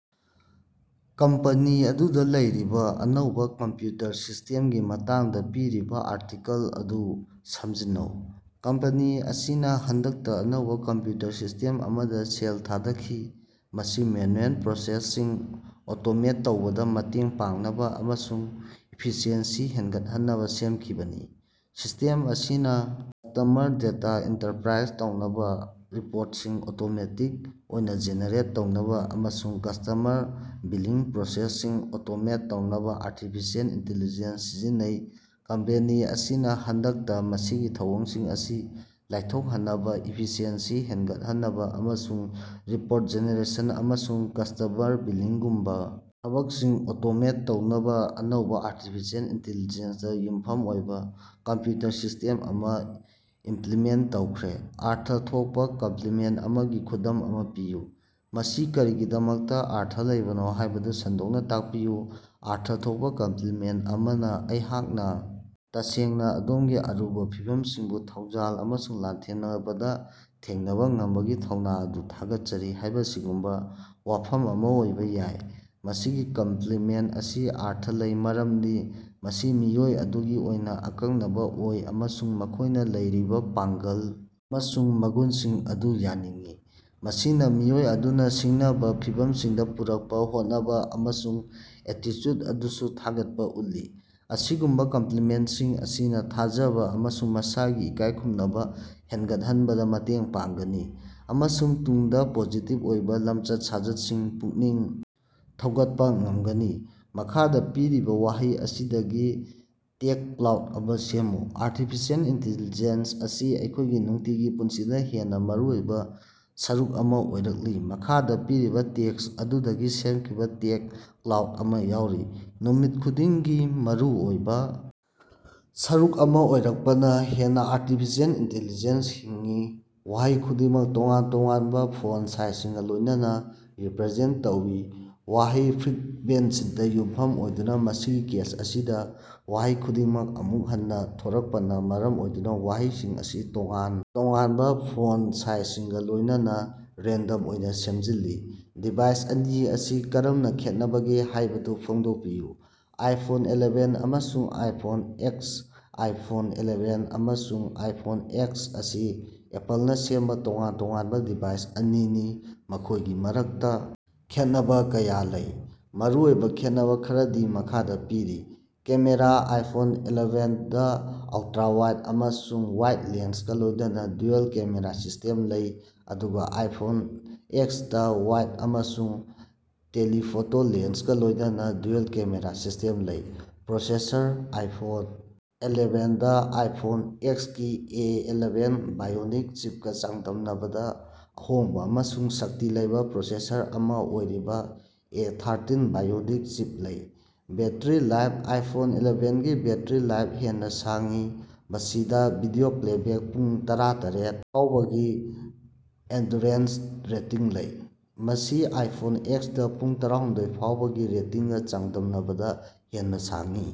Company ꯑꯗꯨꯗ ꯂꯩꯔꯤꯕ ꯑꯅꯧꯕ ꯀꯝꯄ꯭ꯌꯨꯇꯔ ꯁꯤꯁꯇꯦꯝꯒꯤ ꯃꯇꯥꯡꯗ ꯄꯤꯔꯤꯕ ꯑꯥꯔꯇꯤꯀꯦꯜ ꯑꯗꯨ ꯁꯝꯖꯤꯟꯅꯧ꯫ ꯀꯝꯄꯦꯅꯤ ꯑꯁꯤꯅ ꯍꯟꯗꯛꯇ ꯑꯅꯧꯕ ꯀꯝꯄ꯭ꯌꯨꯇꯔ ꯁꯤꯁꯇꯦꯝ ꯑꯃꯗ ꯁꯦꯜ ꯊꯥꯗꯈꯤ, ꯃꯁꯤ ꯃꯦꯅꯨꯑꯦꯜ ꯄ꯭ꯔꯣꯁꯦꯁꯁꯤꯡ ꯑꯣꯇꯣꯃꯦꯠ ꯇꯧꯕꯗ ꯃꯇꯦꯡ ꯄꯥꯡꯅꯕ ꯑꯃꯁꯨꯡ ꯏꯐꯤꯁꯤꯑꯦꯟꯁꯤ ꯍꯦꯟꯒꯠꯍꯟꯅꯕ ꯁꯦꯝꯈꯤꯕꯅꯤ꯫ ꯁꯤꯁ꯭ꯇꯦꯝ ꯑꯁꯤꯅ ꯀꯁ꯭ꯇꯃꯔ ꯗꯦꯇꯥ ꯏꯟꯇꯔꯄ꯭ꯔꯥꯏꯖ ꯇꯧꯅꯕ, ꯔꯤꯄꯣꯔꯠꯁꯤꯡ ꯑꯣꯇꯣꯃꯦꯇꯤꯛ ꯑꯣꯏꯅ ꯖꯦꯅꯦꯔꯦꯠ ꯇꯧꯅꯕ ꯑꯃꯁꯨꯡ ꯀꯁ꯭ꯇꯃꯔ ꯕꯤꯂꯤꯡ ꯄ꯭ꯔꯣꯁꯦꯁꯁꯤꯡ ꯑꯣꯇꯣꯃꯦꯇꯦꯗ ꯇꯧꯅꯕ ꯑꯥꯔꯇꯤꯐꯤꯁꯤꯑꯦꯜ ꯏꯟꯇꯤꯂꯤꯖꯦꯟꯁ ꯁꯤꯖꯤꯟꯅꯩ꯫ ꯀꯝꯄꯦꯅꯤ ꯑꯁꯤꯅ ꯍꯟꯗꯛꯇ ꯃꯁꯤꯒꯤ ꯊꯧꯑꯣꯡꯁꯤꯡ ꯑꯁꯤ ꯂꯥꯏꯊꯣꯛꯍꯟꯅꯕ, ꯏꯐꯤꯁꯤꯑꯦꯟꯁꯤ ꯍꯦꯟꯒꯠꯍꯟꯅꯕ, ꯑꯃꯁꯨꯡ ꯔꯤꯄꯣꯔꯠ ꯖꯦꯅꯦꯔꯦꯁꯟ ꯑꯃꯁꯨꯡ ꯀꯁ꯭ꯇꯃꯔ ꯕꯤꯂꯤꯡꯒꯨꯝꯕ ꯊꯕꯛꯁꯤꯡ ꯑꯣꯇꯣꯃꯦꯠ ꯇꯧꯅꯕ ꯑꯅꯧꯕ ꯑꯥꯔꯇꯤꯐꯤꯁꯦꯜ ꯏꯟꯇꯤꯂꯤꯖꯦꯟꯠ ꯗ ꯌꯨꯝꯐꯝ ꯑꯣꯏꯕ ꯀꯝꯄ꯭ꯌꯨꯇꯔ ꯁꯤꯁꯇꯦꯝ ꯑꯃ ꯏꯝꯄ꯭ꯂꯤꯃꯦꯟꯠ ꯇꯧꯈ꯭ꯔꯦ꯫ ꯑꯔꯊ ꯊꯣꯛꯄ ꯀꯝꯄ꯭ꯂꯤꯃꯦꯟꯠ ꯑꯃꯒꯤ ꯈꯨꯗꯝ ꯑꯃ ꯄꯤꯌꯨ꯫ ꯃꯁꯤ ꯀꯔꯤꯒꯤꯗꯃꯛꯇ ꯑꯔꯊ ꯂꯩꯕꯅꯣ ꯍꯥꯏꯕꯗꯨ ꯁꯟꯗꯣꯛꯅ ꯇꯥꯛꯄꯤꯌꯨ꯫ ꯑꯔꯊ ꯊꯣꯛꯄ ꯀꯝꯄ꯭ꯂꯤꯃꯦꯟꯠ ꯑꯃꯅ "ꯑꯩꯍꯥꯛꯅ ꯇꯁꯦꯡꯅ ꯑꯗꯣꯝꯒꯤ ꯑꯔꯨꯕ ꯐꯤꯚꯝꯁꯤꯡꯕꯨ ꯊꯧꯖꯥꯜ ꯑꯃꯁꯨꯡ ꯂꯥꯟꯊꯦꯡꯅꯕꯗ ꯊꯦꯡꯅꯕ ꯉꯝꯕꯒꯤ ꯊꯧꯅꯥ ꯑꯗꯨ ꯊꯥꯒꯠꯆꯔꯤ" ꯍꯥꯏꯕꯁꯤꯒꯨꯝꯕ ꯋꯥꯐꯝ ꯑꯃ ꯑꯣꯏꯕ ꯌꯥꯏ꯫ ꯃꯁꯤꯒꯤ ꯀꯝꯄ꯭ꯂꯤꯃꯦꯟꯠ ꯑꯁꯤ ꯑꯔꯊ ꯂꯩ ꯃꯔꯝꯗꯤ ꯃꯁꯤ ꯃꯤꯑꯣꯏ ꯑꯗꯨꯒꯤ ꯑꯣꯏꯅ ꯑꯀꯛꯅꯕ ꯑꯣꯏ ꯑꯃꯁꯨꯡ ꯃꯈꯣꯏꯅ ꯂꯩꯔꯤꯕ ꯄꯥꯡꯒꯜ ꯑꯃꯁꯨꯡ ꯃꯒꯨꯟꯁꯤꯡ ꯑꯗꯨ ꯌꯥꯅꯤꯡꯏ꯫ ꯃꯁꯤꯅ ꯃꯤꯑꯣꯏ ꯑꯗꯨꯅ ꯁꯤꯡꯅꯕ ꯐꯤꯚꯝꯁꯤꯡꯗ ꯄꯨꯔꯛꯄ ꯍꯣꯠꯅꯕ ꯑꯃꯁꯨꯡ ꯑꯦꯇꯤꯆꯨꯗ ꯑꯗꯨꯁꯨ ꯊꯥꯒꯠꯄ ꯎꯠꯂꯤ꯫ ꯑꯁꯤꯒꯨꯝꯕ ꯀꯝꯄ꯭ꯂꯤꯃꯦꯟꯠꯁꯤꯡ ꯑꯁꯤꯅ ꯊꯥꯖꯕ ꯑꯃꯁꯨꯡ ꯃꯁꯥꯒꯤ ꯏꯀꯥꯏ ꯈꯨꯝꯅꯕ ꯍꯦꯟꯒꯠꯍꯟꯕꯗ ꯃꯇꯦꯡ ꯄꯥꯡꯒꯅꯤ ꯑꯃꯁꯨꯡ ꯇꯨꯡꯗ ꯄꯣꯖꯤꯇꯤꯕ ꯑꯣꯏꯕ ꯂꯝꯆꯠ-ꯁꯥꯖꯠꯁꯤꯡ ꯄꯨꯛꯅꯤꯡ ꯊꯧꯒꯠꯄ ꯉꯝꯒꯅꯤ꯫ ꯃꯈꯥꯗ ꯄꯤꯔꯤꯕ ꯋꯥꯍꯩ ꯑꯁꯤꯗꯒꯤ ꯇꯦꯒ ꯀ꯭ꯂꯥꯎꯗ ꯑꯃ ꯁꯦꯝꯃꯨ꯫ ꯑꯥꯔꯇꯤꯐꯤꯁꯤꯑꯦꯜ ꯏꯟꯇꯦꯂꯤꯖꯦꯟꯁ ꯑꯁꯤ ꯑꯩꯈꯣꯏꯒꯤ ꯅꯨꯡꯇꯤꯒꯤ ꯄꯨꯟꯁꯤꯗ ꯍꯦꯟꯅ ꯃꯔꯨꯑꯣꯏꯕ ꯁꯔꯨꯛ ꯑꯃ ꯑꯣꯏꯔꯛꯂꯤ꯫ ꯃꯈꯥꯗ ꯄꯤꯔꯤꯕ ꯇꯦꯛꯁ ꯑꯗꯨꯗꯒꯤ ꯁꯦꯝꯈꯤꯕ ꯇꯦꯒ ꯀ꯭ꯂꯥꯎꯗ ꯑꯃ ꯌꯥꯎꯔꯤ: ꯅꯨꯃꯤꯠ ꯈꯨꯗꯤꯡꯒꯤ ꯃꯔꯨꯑꯣꯏꯕ ꯁꯔꯨꯛ ꯑꯃ ꯑꯣꯏꯔꯛꯄꯅ ꯍꯦꯟꯅ ꯑꯥꯔꯇꯤꯐꯤꯁꯤꯑꯦꯜ ꯏꯟꯇꯦꯂꯤꯖꯦꯟꯁ ꯍꯤꯡꯏ ꯋꯥꯍꯩ ꯈꯨꯗꯤꯡꯃꯛ ꯇꯣꯉꯥꯟ ꯇꯣꯉꯥꯟꯕ ꯐꯣꯟꯠ ꯁꯥꯏꯖꯁꯤꯡꯒ ꯂꯣꯏꯅꯅ ꯔꯤꯄꯔꯖꯦꯟꯠ ꯇꯧꯏ, ꯋꯥꯍꯩ ꯐ꯭ꯔꯤꯛꯕꯦꯟꯁꯤꯗ ꯌꯨꯝꯐꯝ ꯑꯣꯏꯗꯨꯅ꯫ ꯃꯁꯤꯒꯤ ꯀꯦꯁ ꯑꯁꯤꯗ ꯋꯥꯍꯩ ꯈꯨꯗꯤꯡꯃꯛ ꯑꯃꯨꯛ ꯍꯟꯅ ꯊꯣꯔꯛꯄꯅ ꯃꯔꯝ ꯑꯣꯏꯗꯨꯅ ꯋꯥꯍꯩꯁꯤꯡ ꯑꯁꯤ ꯇꯣꯉꯥꯟ ꯇꯣꯉꯥꯟꯕ ꯐꯣꯟꯠ ꯁꯥꯏꯖꯁꯤꯡꯒ ꯂꯣꯏꯅꯅ ꯔꯦꯟꯗꯝ ꯑꯣꯏꯅ ꯁꯦꯝꯖꯤꯜꯂꯤ꯫ ꯗꯤꯚꯥꯏꯁ ꯑꯅꯤ ꯑꯁꯤ ꯀꯔꯝꯅ ꯈꯦꯠꯅꯕꯒꯦ ꯍꯥꯏꯕꯗꯨ ꯐꯣꯡꯗꯣꯛꯄꯤꯌꯨ꯫ ꯑꯥꯏꯐꯣꯟ ꯑꯦꯂꯦꯚꯦꯟ ꯑꯃꯁꯨꯡ ꯑꯥꯏꯐꯣꯟ ꯑꯦꯛꯁ ꯑꯥꯏꯐꯣꯟ ꯑꯦꯂꯦꯚꯦꯟ ꯑꯃꯁꯨꯡ ꯑꯥꯏꯐꯣꯟ ꯑꯦꯛꯁ ꯑꯁꯤ ꯑꯦꯄꯜꯅ ꯁꯦꯝꯕ ꯇꯣꯉꯥꯟ ꯇꯣꯉꯥꯟꯕ ꯗꯤꯚꯥꯏꯁ ꯑꯅꯤꯅꯤ, ꯃꯈꯣꯏꯒꯤ ꯃꯔꯛꯇ ꯈꯦꯠꯅꯕ ꯀꯌꯥ ꯂꯩ꯫ ꯃꯔꯨꯑꯣꯏꯕ ꯈꯦꯠꯅꯕ ꯈꯔꯗꯤ ꯃꯈꯥꯗ ꯄꯤꯔꯤ꯫ ꯀꯦꯃꯦꯔꯥ: ꯑꯥꯏꯐꯣꯟ ꯑꯦꯂꯦꯚꯦꯟꯗ ꯑꯜꯇ꯭ꯔꯥꯋꯥꯏꯗ ꯑꯃꯁꯨꯡ ꯋꯥꯏꯗ ꯂꯦꯟꯁꯀ ꯂꯣꯏꯅꯅ ꯗ꯭ꯌꯨꯑꯦꯜ-ꯀꯦꯃꯦꯔꯥ ꯁꯤꯁꯇꯦꯝ ꯂꯩ, ꯑꯗꯨꯒ ꯑꯥꯏꯐꯣꯟ ꯑꯦꯛꯁꯇ ꯋꯥꯏꯗ ꯑꯃꯁꯨꯡ ꯇꯦꯂꯤꯐꯣꯇꯣ ꯂꯦꯟꯁꯀ ꯂꯣꯏꯅꯅ ꯗ꯭ꯌꯨꯑꯦꯜ ꯀꯦꯃꯦꯔꯥ ꯁꯤꯁ꯭ꯇꯦꯝ ꯂꯩ꯫ ꯄ꯭ꯔꯣꯁꯦꯁꯔ: ꯑꯥꯏꯐꯣꯟ ꯑꯦꯂꯦꯚꯦꯟꯗ ꯑꯥꯏꯐꯣꯟ ꯑꯦꯛꯁꯀꯤ ꯑꯦ ꯑꯦꯂꯦꯚꯦꯟ ꯕꯥꯏꯑꯣꯅꯤꯛ ꯆꯤꯞꯀ ꯆꯥꯡꯗꯝꯅꯕꯗ ꯑꯍꯣꯡꯕ ꯑꯃꯁꯨꯡ ꯁꯛꯇꯤ ꯂꯩꯕ ꯄ꯭ꯔꯣꯁꯦꯁꯔ ꯑꯃ ꯑꯣꯏꯔꯤꯕ ꯑꯦ ꯊꯔꯇꯤꯟ ꯕꯥꯏꯑꯣꯅꯤꯛ ꯆꯤꯞ ꯂꯩ꯫ ꯕꯦꯠꯇꯔꯤ ꯂꯥꯏꯐ: ꯑꯥꯏꯐꯣꯟ ꯑꯦꯂꯦꯚꯦꯟꯒꯤ ꯕꯦꯠꯇꯔꯤ ꯂꯥꯏꯐ ꯍꯦꯟꯅ ꯁꯥꯡꯏ, ꯃꯁꯤꯗ ꯚꯤꯗꯤꯑꯣ ꯄ꯭ꯂꯦꯕꯦꯛ ꯄꯨꯡ ꯇꯔꯥꯇꯔꯦꯠ ꯐꯥꯑꯣꯕꯒꯤ ꯑꯦꯟꯗꯨꯔꯦꯟꯁ ꯔꯦꯇꯤꯡ ꯂꯩ, ꯃꯁꯤ ꯑꯥꯏꯐꯣꯟ ꯑꯦꯛꯁꯅ ꯄꯨꯡ ꯇꯔꯥꯍꯨꯝꯗꯣꯏ ꯐꯥꯎꯕꯒꯤ ꯔꯦꯇꯤꯡꯒ ꯆꯥꯡꯗꯝꯅꯕꯗ ꯍꯦꯟꯅ ꯁꯥꯡꯏ꯫